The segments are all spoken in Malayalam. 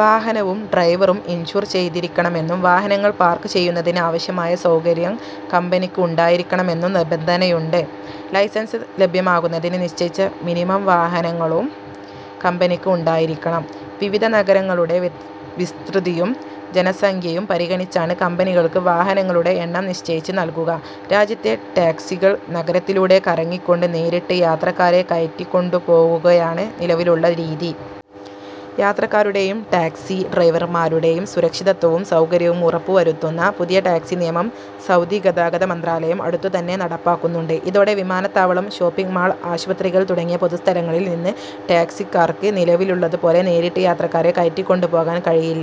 വാഹനവും ഡ്രൈവറും ഇൻഷുർ ചെയ്തിരിക്കണമെന്നും വാഹനങ്ങൾ പാർക്ക് ചെയ്യുന്നതിന് ആവശ്യമായ സൗകര്യം കമ്പനിക്ക് ഉണ്ടായിരിക്കണമെന്നും നിബന്ധനയുണ്ട്. ലൈസൻസ് ലഭ്യമാകുന്നതിന് നിശ്ചയിച്ച മിനിമം വാഹനങ്ങളും കമ്പനിക്ക് ഉണ്ടായിരിക്കണം. വിവിധ നഗരങ്ങളുടെ വിസ്തൃതിയും ജനസംഖ്യയും പരിഗണിച്ചാണ് കമ്പനികൾക്ക് വാഹനങ്ങളുടെ എണ്ണം നിശ്ചയിച്ച് നൽകുക. രാജ്യത്തെ ടാക്സികൾ നഗരത്തിലൂടെ കറങ്ങി കൊണ്ട് നേരിട്ട് യാത്രക്കാരെ കയറ്റികൊണ്ടു പോവുകയാണ് നിലവിലുള്ള രീതി. യാത്രക്കാരുടെയും ടാക്സി ഡ്രൈവർമാരുടെയും സുരക്ഷിതത്വവും സൗകര്യവും ഉറപ്പുവരുത്തുന്ന പുതിയ ടാക്സി നിയമം സൗദി ഗതാഗത മന്ത്രാലയം അടുത്തു തന്നെ നടപ്പാക്കുന്നുണ്ട്. ഇതോടെ വിമാനത്താവളം, ഷോപ്പിങ്ങ്മാൾ, ആശുപത്രികൾ തുടങ്ങിയ പൊതുസ്ഥലങ്ങളിൽ നിന്ന് ടാക്സിക്കാർക്ക് നിലവിലുള്ളത് പോലെ നേരിട്ട് യാത്രക്കാരെ കയറ്റികൊണ്ടുപോകാൻ കഴിയില്ല.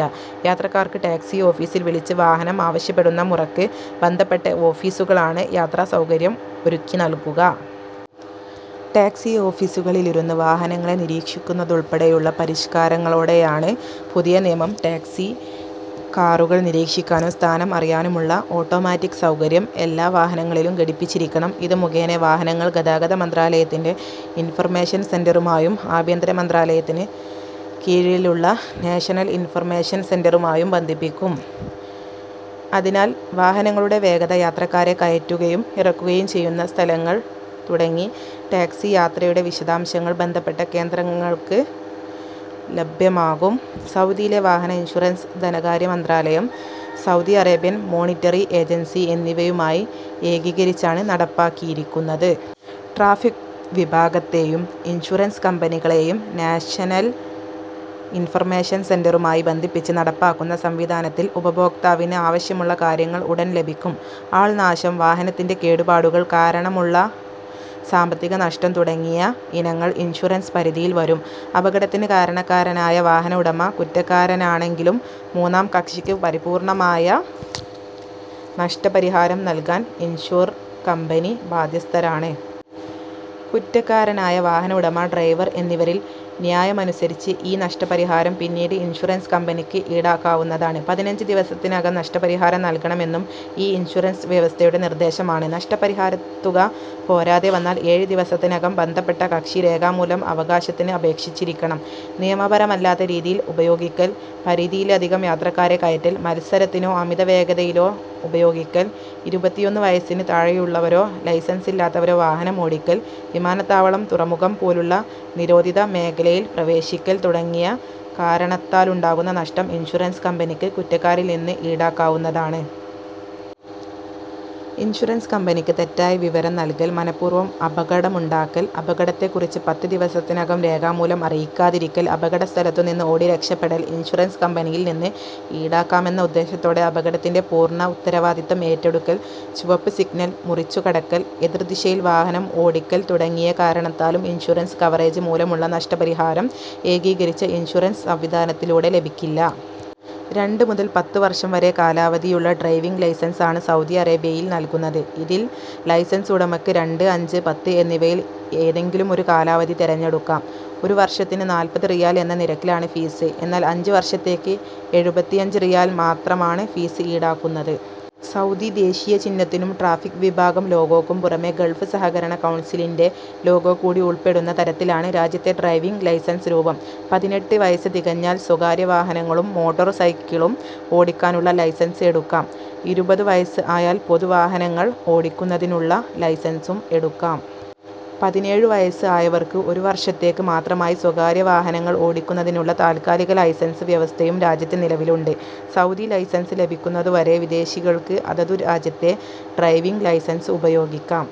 യാത്രക്കാർക്ക് ടാക്സി ഓഫീസിൽ വിളിച്ച് വാഹനം ആവശ്യപ്പെടുന്ന മുറക്ക് ബന്ധപ്പെട്ട ഓഫീസുകളാണ് യാത്രാ സൗകര്യം ഒരുക്കിനൽകുക. ടാക്സി ഓഫീസുകളിലിരുന്ന് വാഹനങ്ങളെ നിരീക്ഷിക്കുന്നതുൾപ്പെടെയുള്ള പരിഷ്കാരങ്ങളോടെയാണ് പുതിയ നിയമം. ടാക്സി കാറുകൾ നിരീക്ഷിക്കാനും സ്ഥാനം അറിയാനുമുള്ള ഓട്ടോമാറ്റിക് സൗകര്യം എല്ലാ വാഹനങ്ങളിലും ഘടിപ്പിച്ചിരിക്കണം. ഇത് മുഖേന വാഹനങ്ങൾ ഗതാഗത മന്ത്രാലയത്തിന്റെ ഇൻഫർമേഷൻ സെന്ററുമായും ആഭ്യന്തര മന്ത്രാലയത്തിന് കീഴിലുള്ള നാഷണൽ ഇൻഫർമേഷൻ സെന്ററുമായും ബന്ധിപ്പിക്കും. അതിനാൽ വാഹനങ്ങളുടെ വേഗത, യാത്രക്കാരെ കയറ്റുകയും ഇറക്കുകയും ചെയ്യുന്ന സ്ഥലങ്ങൾ തുടങ്ങി ടാക്സി യാത്രയുടെ വിശദാംശങ്ങൾ ബന്ധപ്പെട്ട കേന്ദ്രങ്ങൾക്ക് ലഭ്യമാകും സൗദിയിലെ വാഹന ഇൻഷുറൻസ് ധനകാര്യ മന്ത്രാലയം, സൗദി അറേബ്യൻ മോണിറ്ററി ഏജൻസി എന്നിവയുമായി എകീകരിച്ചാണ് നടപ്പാക്കിയിരിക്കുന്നത്. ട്രാഫിക് വിഭാഗത്തെയും ഇൻഷൂറൻസ് കമ്പനികളെയും നാഷനൽ ഇൻഫർമേഷൻ സെന്ററുമായി ബന്ധിപ്പിച്ച് നടപ്പാക്കുന്ന സംവിധാനത്തിൽ ഉപഭോക്താവിന് ആവശ്യമുള്ള കാര്യങ്ങൾ ഉടൻ ലഭിക്കും. ആൾനാശം, വാഹനത്തിന്റെ കേടുപാടുകൾ കാരണമുള്ള സാമ്പത്തിക നഷ്ടം തുടങ്ങിയ ഇനങ്ങൾ ഇൻഷുറൻസ് പരിധിയിൽ വരും. അപകടത്തിന് കാരണക്കാരനായ വാഹന ഉടമ കുറ്റക്കാരനാണെങ്കിലും മൂന്നാം കക്ഷിക്ക് പരിപൂർണമായ നഷ്ടപരിഹാരം നൽകാൻ ഇൻഷുർ കമ്പനി ബാധ്യസ്ഥരാണ്. കുറ്റക്കാരനായ വാഹന ഉടമ, ഡ്രൈവർ എന്നിവരിൽ ന്യായമനുസരിച്ച് ഈ നഷ്ടപരിഹാരം പിന്നീട് ഇൻഷുറൻസ് കമ്പനിക്ക് ഈടാക്കാവുന്നതാണ്. പതിനഞ്ച് ദിവസത്തിനകം നഷ്ടപരിഹാരം നൽകണമെന്നും ഈ ഇൻഷുറൻസ് വ്യവസ്ഥയുടെ നിർദ്ദേശമാണ്. നഷ്ടപരിഹാരത്തുക പോരാതെ വന്നാൽ ഏഴ് ദിവസത്തിനകം ബന്ധപ്പെട്ട കക്ഷി രേഖാമൂലം അവകാശത്തിന് അപേക്ഷിച്ചിരിക്കണം. നിയമപരമല്ലാത്ത രീതിയിൽ ഉപയോഗിക്കൽ, പരിധിയിലധികം യാത്രക്കാരെ കയറ്റൽ, മത്സരത്തിനോ അമിത വേഗതയിലോ ഉപയോഗിക്കൽ, ഇരുപത്തിയൊന്ന് വയസ്സിന് താഴെയുള്ളവരോ ലൈസൻസില്ലാത്തവരോ വാഹനം ഓടിക്കൽ, വിമാനത്താവളം തുറമുഖം പോലുള്ള നിരോധിത മേഖലയിൽ പ്രവേശിക്കൽ തുടങ്ങിയ കാരണത്താലുണ്ടാകുന്ന നഷ്ടം ഇൻഷുറൻസ് കമ്പനിക്ക് കുറ്റക്കാരിൽ നിന്ന് ഈടാക്കാവുന്നതാണ്. ഇൻഷുറൻസ് കമ്പനിക്ക് തെറ്റായ വിവരം നൽകൽ, മനഃപൂർവം അപകടമുണ്ടാക്കൽ, അപകടത്തെക്കുറിച്ച് പത്ത് ദിവസത്തിനകം രേഖാമൂലം അറിയിക്കാതിരിക്കൽ, അപകട സ്ഥലത്തുനിന്ന് ഓടി രക്ഷപ്പെടൽ, ഇൻഷുറൻസ് കമ്പനിയിൽ നിന്ന് ഈടാക്കാമെന്ന ഉദ്ദേശത്തോടെ അപകടത്തിന്റെ പൂർണ ഉത്തരവാദിത്തം ഏറ്റെടുക്കൽ, ചുവപ്പ് സിഗ്നൽ മുറിച്ചുകടക്കൽ, എതിർ ദിശയിൽ വാഹനം ഓടിക്കൽ തുടങ്ങിയ കാരണത്താലും ഇൻഷുറൻസ് കവറേജ് മൂലമുള്ള നഷ്ടപരിഹാരം എകീകരിച്ച ഇൻഷുറൻസ് സംവിധാനത്തിലൂടെ ലഭിക്കില്ല. രണ്ട് മുതൽ പത്ത് വർഷം വരെ കാലാവധിയുള്ള ഡ്രൈവിങ് ലൈസൻസ് ആണ് സൗദി അറേബ്യയിൽ നൽകുന്നത്. ഇതിൽ ലൈസൻസ് ഉടമക്ക് രണ്ട്, അഞ്ച്, പത്ത് എന്നിവയിൽ ഏതെങ്കിലുമൊരു കാലാവധി തെരഞ്ഞെടുക്കാം. ഒരു വർഷത്തിന് നാൽപത് റിയാൽ എന്ന നിരക്കിലാണ് ഫീസ്. എന്നാൽ അഞ്ച് വർഷത്തേക്ക് എഴുപത്തിഅഞ്ച് റിയാൽ മാത്രമാണ് ഫീസ് ഈടാക്കുന്നത്. സൗദി ദേശീയ ചിഹ്നത്തിനും ട്രാഫിക് വിഭാഗം ലോഗോക്കും പുറമെ ഗൾഫ് സഹകരണ കൗൺസിലിന്റെ ലോഗോ കൂടി ഉൾപ്പെടുന്ന തരത്തിലാണ് രാജ്യത്തെ ഡ്രൈവിങ് ലൈസൻസ് രൂപം. പതിനെട്ട് വയസ് തികഞ്ഞാൽ സ്വകാര്യ വാഹനങ്ങളും മോട്ടോർ സൈക്കിളും ഓടിക്കാനുള്ള ലൈസൻസ് എടുക്കാം. ഇരുപതു വയസ് ആയാൽ പൊതു വാഹനങ്ങൾ ഓടിക്കുന്നതിനുള്ള ലൈസൻസും എടുക്കാം. പതിനേഴു വയസ് ആയവർക്ക് ഒരു വർഷത്തേക്ക് മാത്രമായി സ്വകാര്യ വാഹനങ്ങൾ ഓടിക്കുന്നതിനുള്ള താൽക്കാലിക ലൈസൻസ് വ്യവസ്ഥയും രാജ്യത്ത് നിലവിലുണ്ട്. സൗദി ലൈസൻസ് ലഭിക്കുന്നതു വരെ വിദേശികൾക്ക് അതതു രാജ്യത്തെ ഡ്രൈവിങ്ലൈസൻസ് ഉപയോഗിക്കാം